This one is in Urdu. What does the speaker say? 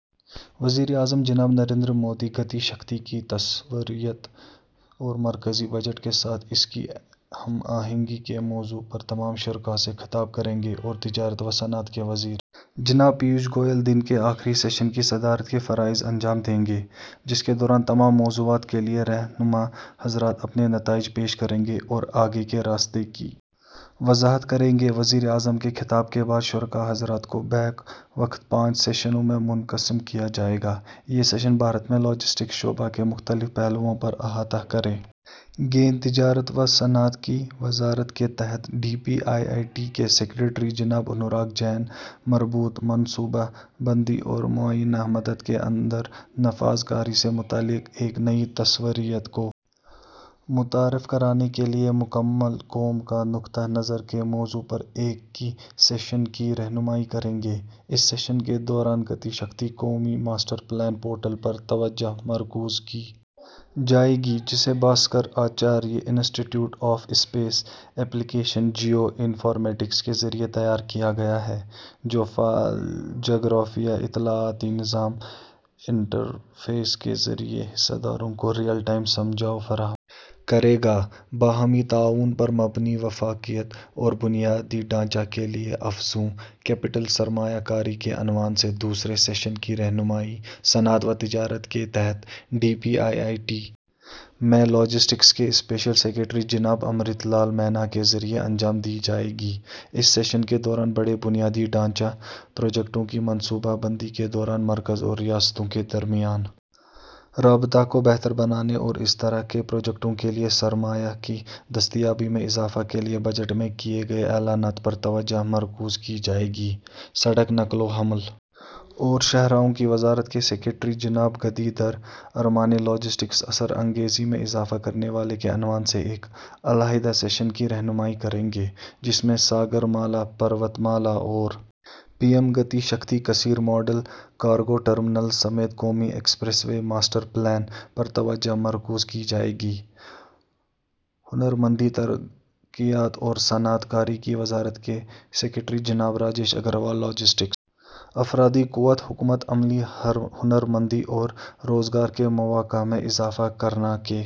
وزیر اعظم جناب نریندر مودی گتی شکتی کی تصوریت اور مرکزی بجٹ کے ساتھ اس کی ہم آہنگی کے موضوع پر تمام شرکاء سے خطاب کریں گے اور تجارت و صنعت کے وزیر جناب پیوش گوئل دن کے آخری سیشن کی صدارت کے فرائض انجام دیں گے جس کے دوران تمام موضوعات کے لیے رہنما حضرات اپنے نتائج پیش کریں گے اور آگے کے راستے کی وضاحت کریں گے وزیر اعظم کے خطاب کے بعد شرکاء حضرات کو بیک وقت پانچ سیشنوں میں منقسم کیا جائے گا یہ سیشن بھارت میں لاجسٹکس شعبہ کے مختلف پہلوؤں پر احاطہ کریں گے تجارت و صنعت کی وزارت کے تحت D P I I T کے سکریٹری جناب انوراگ جین مربوط منصوبہ بندی اور معینہ مدت کے اندر نفاذکاری سے متعلق ایک نئی تصوریت کو متعارف کرانے کے لیے مکمل قوم کا نقطہ نظر کے موضوع پر ایک کی سیشن کی رہنمائی کریں گے اس سیشن کے دوران گتی شکتی قومی ماسٹر پلان پورٹل پر توجہ مرکوز کی جائے گی جسے Bhaskaracharya institute of space application Jio informatics کے ذریعہ تیار کیا گیا ہے جو فعال جغرافیائی اطلاعاتی نظام انٹرفیس کے ذریعہ حصہ داروں کو رئیل ٹائم سجھاؤ فراہم کرے گا باہمی تعاون پر مبنی وفاقیت اور بنیادی ڈھانچہ کے لیے افزوں کیپٹل سرمایہ کاری کے عنوان سے دوسرے سیشن کی رہنمائی صنعت و تجارت کے تحت D P I I T میں لاجسٹکس کے اسپیشل سکریٹری جناب امرت لال مینا کے ذریعہ انجام دی جائے گی اس سیشن کے دوران بڑے بنیادی ڈھانچہ پروجیکٹوں کی منصوبہ بندی کے دوران مرکز اور ریاستوں کے درمیان رابطہ کو بہتر بنانے اور اس طرح کے پروجیکٹوں کے لیے سرمایہ کی دستیابی میں اضافہ کے لیے بجٹ میں کیے گئے اعلانات پر توجہ مرکوز کی جائے گی سڑک نقل و حمل اور شاہراہوں کی وزارت کے سکریٹری جناب گری دھر ارمانے لاجسٹکس اثر انگیزی میں اضافہ کرنے والے کے عنوان سے ایک علیحدہ سیشن کی رہنمائی کریں گے جس میں ساگرمالا پروت مالا اور پی ایم گتی شکتی کثیر ماڈل کارگو ٹرمنلس سمیت قومی ایکسپریس وے ماسٹر پلان پر توجہ مرکوز کی جائے گی ہنرمندی ترقیات اور صنعت کاری کی وزارت کے سکریٹری جناب راجیش اگروال لاجسٹکس افرادی قوت حکمت عملی ہنرمندی اور روزگار کے مواقع میں اضافہ کرنا کے